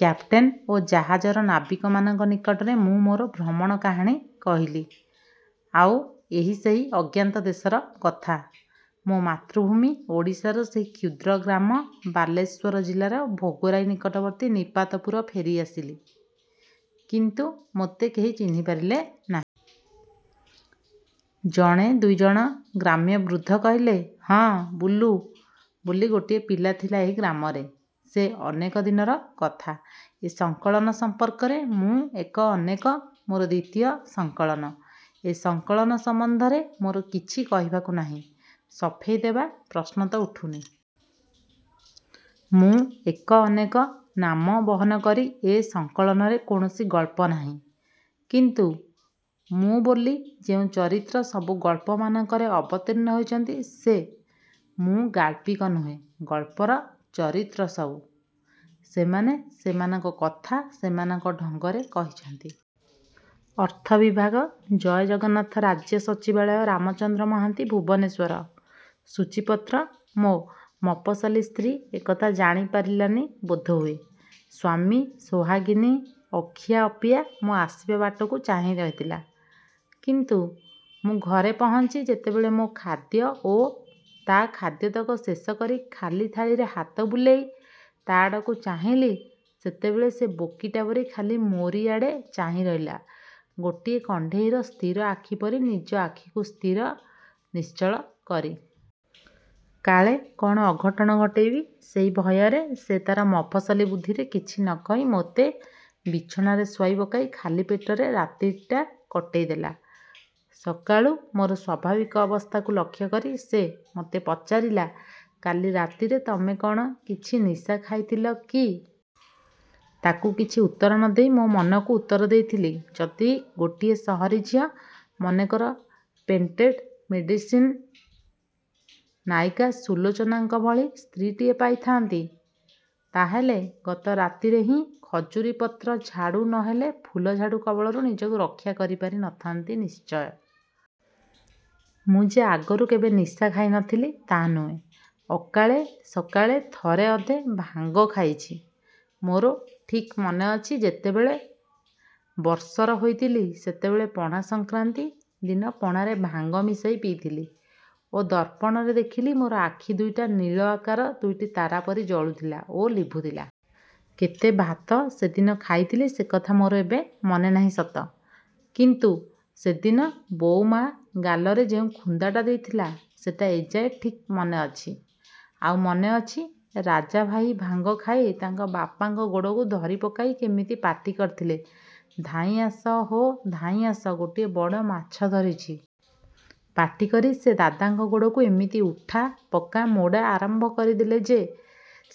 Captain ଓ ଜାହାଜର ନାବିକମାନଙ୍କ ନିକଟରେ ମୁଁ ମୋର ଭ୍ରମଣ କାହାଣୀ କହିଲି। ଆଉ ଏହି ସେହି ଅଜ୍ଞାତ ଦେଶର କଥା। ମୋ ମାତୃଭୂମି ଓଡ଼ିଶାର ସେହି କ୍ଷୁଦ୍ର ଗ୍ରାମ ବାଲେଶ୍ୱର ଜିଲ୍ଲାର ଭୋଗରାଇ ନିକଟବର୍ତ୍ତୀ ନିପାତପୁର ଫେରିଆସିଲି। କିନ୍ତୁ ମୋତେ କେହି ଚିହ୍ନିପାରିଲେ ନାହିଁ। ଜଣେ ଦୁଇ ଜଣ ଗ୍ରାମ୍ୟ ବୃଦ୍ଧ କହିଲେ, ''ହଁ, ବୁଲୁ ବୋଲି ଗୋଟିଏ ପିଲା ଥିଲା ଏହି ଗ୍ରାମରେ। ସେ ଅନେକ ଦିନର କଥା। ଏ ସଂକଳନ ସମ୍ପର୍କରେ 'ମୁଁ ଏକ ଅନେକ' ମୋର ଦ୍ୱିତୀୟ ସଂକଳନ! ଏ ସଂକଳନ ସମ୍ବନ୍ଧରେ ମୋର କିଛି କହିବାକୁ ନାହିଁ, ସଫେଇ ଦେବା ପ୍ରଶ୍ନ ତ ଉଠୁନି। 'ମୁଁ ଏକ ଅନେକ' ନାମ ବହନ କରି ଏ ସଂକଳନରେ କୌଣସି ଗଳ୍ପ ନାହିଁ। କିନ୍ତୁ 'ମୁଁ' ବୋଲି ଯେଉଁ ଚରିତ୍ର ସବୁ ଗଳ୍ପମାନଙ୍କରେ ଅବତୀର୍ଣ୍ଣ ହୋଇଛନ୍ତି ସେ 'ମୁଁ' ଗାଳ୍ପିକ ନୁହେଁ, ଗଳ୍ପର ଚରିତ୍ର ସବୁ। ସେମାନେ ସେମାନଙ୍କ କଥା ସେମାନଙ୍କ ଢଙ୍ଗରେ କହିଛନ୍ତି। ଅର୍ଥ ବିଭାଗ ଜୟ ଜଗନ୍ନାଥ ରାଜ୍ୟ ସଚିବାଳୟ ରାମଚନ୍ଦ୍ର ମହାନ୍ତି ଭୁବନେଶ୍ଵର- ସୂଚୀପତ୍ର ମୋ' ମଫସଲୀ ସ୍ତ୍ରୀ ଏ କଥା ଜାଣି ପାରିଲାନି ବୋଧହୁଏ। ସ୍ଵାମୀ ସୋହାଗିନୀ ଅଖିଆ ଅପିଆ ମୋ' ଆସିବା ବାଟକୁ ଚାହିଁ ରହିଥିଲା; କିନ୍ତୁ ମୁଁ ଘରେ ପହଞ୍ଚି ଯେତେବେଳେ ମୋ' ଖାଦ୍ୟ ଓ ତା' ଖାଦ୍ୟତକ ଶେଷକରି ଖାଲି ଥାଳୀରେ ହାତ ବୁଲେଇ ତା' ଆଡ଼କୁ ଚାହିଁଲି ସେତେବେଳେ ସେ ବୋକୀଟା ପରି ଖାଲି ମୋରିଆଡ଼େ ଚାହିଁ ରହିଲା ଗୋଟିଏ କଣ୍ଢେଇର ସ୍ଥିର ଆଖି ପରି ନିଜ ଆଖିକୁ ସ୍ଥିର, ନିଶ୍ଚଳ କରି। କାଳେ କ'ଣ ଅଘଟଣ ଘଟେଇବି ସେଇ ଭୟରେ ସେ ତା'ର ମଫସଲୀ ବୁଦ୍ଧିରେ କିଛି ନକହି ମୋତେ ବିଛଣାରେ ଶୁଆଇ ପକାଇ ଖାଲି ପେଟରେ ରାତିଟା କଟେଇ ଦେଲା। ସକାଳୁ ମୋର ସ୍ଵାଭାବିକ ଅବସ୍ଥାକୁ ଲକ୍ଷ୍ୟ କରି ସେ, ମୋତେ ପଚାରିଲା-କାଲି ରାତିରେ ତମେ କ'ଣ କିଛି ନିଶା ଖାଇଥିଲ କି? ତାକୁ କିଛି ଉତ୍ତର ନ ଦେଇ ମୋ' ମନକୁ ଉତ୍ତର ଦେଇଥିଲି-ଯଦି ଗୋଟିଏ ସହରୀ ଝିଅ ମନେକର ପେଟେଣ୍ଟ ମେଡ଼ିସିନ୍ର ନାୟିକା ସୁଲୋଚନାଙ୍କ ଭଳି ସ୍ତ୍ରୀଟିଏ ପାଇଥାନ୍ତି ତା'ହେଲେ ଗତରାତିରେ ହିଁ ଖଜୁରୀପତ୍ର ଝାଡ଼ୁ ନ ହେଲେ ଫୁଲଝାଡ଼ୁ କବଳରୁ ନିଜକୁ ରକ୍ଷା କରିପାରି ନଥାନ୍ତି ନିଶ୍ଚୟ। ମୁଁ ଯେ ଆଗରୁ କେବେ ନିଶା ଖାଇ ନଥିଲି ତା' ନୁହେଁ; ଅକାଳେ ସକାଳେ ଥରେ ଅଧେ ଭାଙ୍ଗ ଖାଇଛି। ମୋର ଠିକ୍ ମନେଅଛି ଯେତେବେଳେ। ବର୍ଷର ହୋଇଥିଲି ସେତେବେଳେ ପଣାସଂକ୍ରାନ୍ତି ଦିନ ପଣାରେ ଭାଙ୍ଗ ମିଶାଇ ପିଇଥିଲି ଓ ଦର୍ପଣରେ ଦେଖିଲି ମୋର ଆଖି ଦୁଇଟା ନୀଳ ଆକାର ଦୁଇଟି ତାରାପରି ଜଳୁଥିଲା ଓ ଲିଭୁଥିଲା। କେତେ ଭାତ ସେ ଦିନ ଖାଇଥିଲି ସେ କଥା ମୋର ଏବେ ମନେ ନାହିଁ ସତ; କିନ୍ତୁ ସେଦିନ ବୋଉ ମୋ' ଗାଲରେ ଯେଉଁ ଖୁନ୍ଦାଟା ଦେଇଥିଲା ସେ'ଟା ଏଯାଏ ଠିକ୍ ମନେ ଅଛି। ଆଉ ମନେଅଛି ରାଜାଭାଇ ଭାଙ୍ଗ ଖାଇ ତାଙ୍କ ବାପାଙ୍କ ଗୋଡ଼କୁ ଧରିପକାଇ କେମିତି ପାଟି କରିଥିଲେ-ଧାଇଁଆସ ହୋ ଧାଇଁଆସ ଗୋଟିଏ ବଡ଼ ମାଛ ଧରିଛି। ପାଟିକରି ସେ ଦାଦାଙ୍କ ଗୋଡ଼କୁ ଏମିତି ଉଠା, ପକା, ମୋଡ଼ା ଆରମ୍ଭ କରିଦେଲେ ଯେ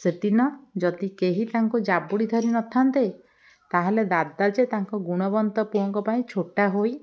ସେଦିନ ଯଦି କେହି ତାଙ୍କୁ ଜାବୁଡ଼ି ଧରି ନଥାନ୍ତେ ତା'ହେଲେ ଦାଦା ଯେ ତାଙ୍କ ଗୁଣବନ୍ତ ପୁଅଙ୍କ ପାଇଁ ଛୋଟା ହୋଇ